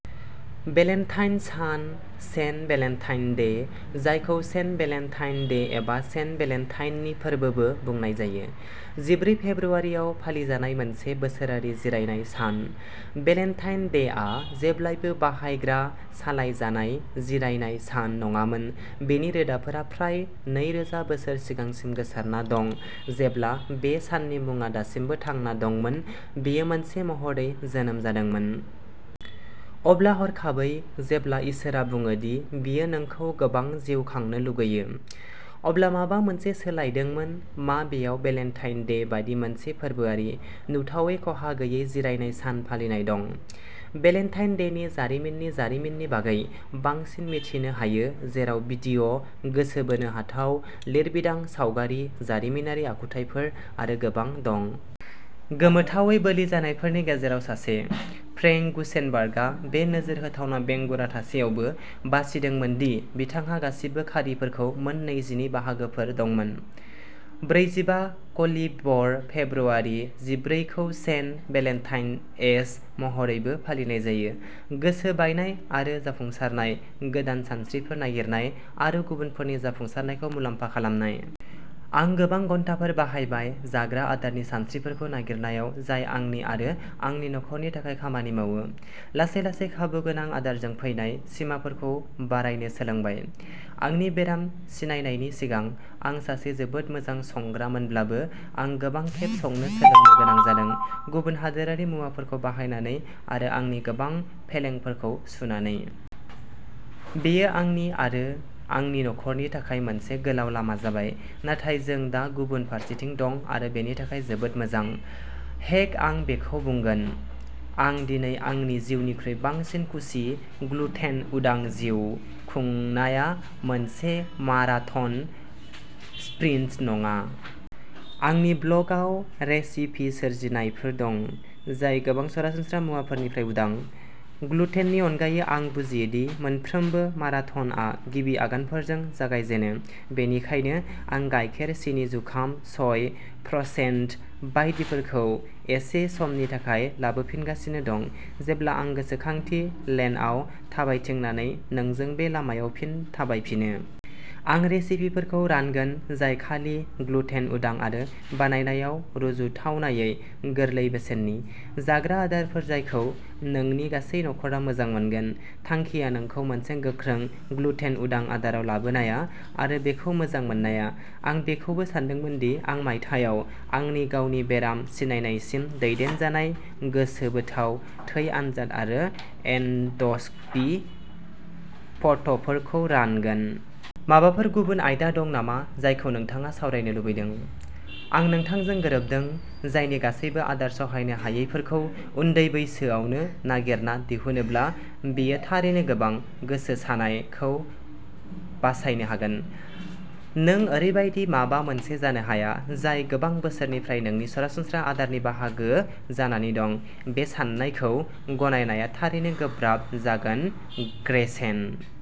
Valentine सान, Saint Valentine Day, जायखौ Saint Valentine Day एबा सेन्ट भेलेन्टाइननि फोरबोबो बुंनाय जायो, जिब्रै फेब्रुवारियाव फालिजानाय मोनसे बोसोरारि जिरायनाय सान। भेलेन्टाइन डेआ जेब्लाबो बाहायग्रा-सालायजानाय जिरायनाय सान नङामोन बेनि रोदाफोरा फ्राय नैरोजा बोसोर सिगांसिम गोसारना दं जेब्ला बे साननि मुङा दासिमबो थांना दंमोन, बेयो मोनसे महरै जोनोम जादोंमोन। अब्ला हरखाबै जेब्ला इसोरा बुङो दि बियो नोंखौ गोबां जिउ खांनो लुगैयो, अब्ला माबा मोनसे सोलायदोंमोन, मा बेयाव भेलेन्टाइन डे बायदि मोनसे फोरबोआरि, नुथावै खहा गैयै जिरायनाय सान फालिनाय दं। भेलेन्टाइन डेनि जारिमिननि जारिमिननि बागै बांसिन मिथिनो हायो, जेराव भिडिअ, गोसो बोनो हाथाव लिरबिदां, सावगारि, जारिमिनारि आखुथायफोर आरो गोबां दं। गोमोथावै, बोलिजानायफोरनि गेजेराव सासे, फ्रेंक गुसेनबार्गआ बे नोजोर होथावना बेंगुरा थासेयावबो बासिदोंमोन दि बिथांहा गासिबो खारिफोरखौ मोन नैजिनै बाहागोफोर दंमोन। ब्रैजिबा-कलिबर फेब्रुवारि जिब्रै खौ सेन्ट भेलेन्टाइन एस महरैबो फालिनाय जायो। गोसो बायनाय आरो जाफुंसारनाय, गोदान सानस्रिफोर नागिरनाय, आरो गुबुनफोरनि जाफुंसारनायखौ मुलामफा खालामनाय। आं गोबां घन्टाफोर बाहायबाय जाग्रा आदारनि सानस्रिफोरखौ नागिरनायाव जाय आंनि आरो आंनि नखरनि थाखाय खामानि मावो, लासै-लासै खाबुगोनां आदारजों फैनाय सिमाफोरखौ बारायनो सोलोंबाय। आंनि बेराम सिनायनायनि सिगां आं सासे जोबोद मोजां संग्रा मोनब्लाबो आं गोबां खेब संनो सोलोंनो गोनां जादों, गुबुन हादोरारि मुवाफोरखौ बाहायनानै आरो आंनि गोबां फेलेंफोरखौ सुनानै। बेयो आंनि आरो आंनि नखरनि थाखाय मोनसे गोलाव लामा जाबाय, नाथाय जों दा गुबुन फारसेथिं दं आरो बेनि थाखाय जोबोद मोजां। हेक आं बेखौ बुंगोन। आं दिनै आंनि जिउनिख्रुइ बांसिन खुसि ग्लुटेन-उदां जिउ खुंनाया मोनसे माराथन, स्प्रिन्स नङा। आंनि ब्लग आव रेसिपि सोरजिनायफोर दं जाय गोबां सरासनस्रा मुवाफोरनिफ्राय उदां। ग्लुटेननि अनगायै आं बुजियो दि मोनफ्रोमबो माराथनआ गिबि आगानफोरजों जागायजेनो, बेनिखायनो आं गाइखेर, सिनि, जुखाम, सय, प्रसेन्ड बायदिफोरखौ एसे समनि थाखाय लाबोफिनगासिनो दं, जेब्ला आं गोसोखांथि लेनआव थाबायथिंनानै नोंजों बे लामायाव फिन थाबायफिनो। आं रेसिपिफोरखौ रानगोन जाय खालि ग्लुटेन-उदां आरो बानायनायाव रुजुथावनायै गोरलै बेसेननि, जाग्रा आदारफोर जायखौ नोंनि गासै नखरा मोजां मोनगोन। थांखिया नोंखौ मोनसे गोख्रों ग्लुटेन-उदां आदाराव लाबोनाया आरो बेखौ मोजां मोननाया। आं बेखौबो सानदोंमोन दि आं मायथाइयाव आंनि गावनि बेराम सिनायनायसिम दैदेनजानाय गोसोबोथाव थै आनजाद आरो एन्डस्कपि फट'फोरखौ रानगोन। माबाफोर गुबुन आयदा दं नामा जायखौ नोंथाङा सावरायनो लुबैदों? आं नोंथांजों गोरोबदों। जायनि गासैबो आदार सहायनो हायैफोरखौ उन्दै बैसोआवनो नागिरना दिहुनोब्ला बेयो थारैनो गोबां "गोसो सानाय" खौ बासायनो हागोन। नों ओरैबायदि माबा मोनसे जानो हाया, जाय गोबां बोसोरनिफ्राय नोंनि सरासनस्रा आदारनि बाहागो जानानै दं, बे साननायखौ गनायनाया थारैनो गोब्राब जागोन ग्रेचेन।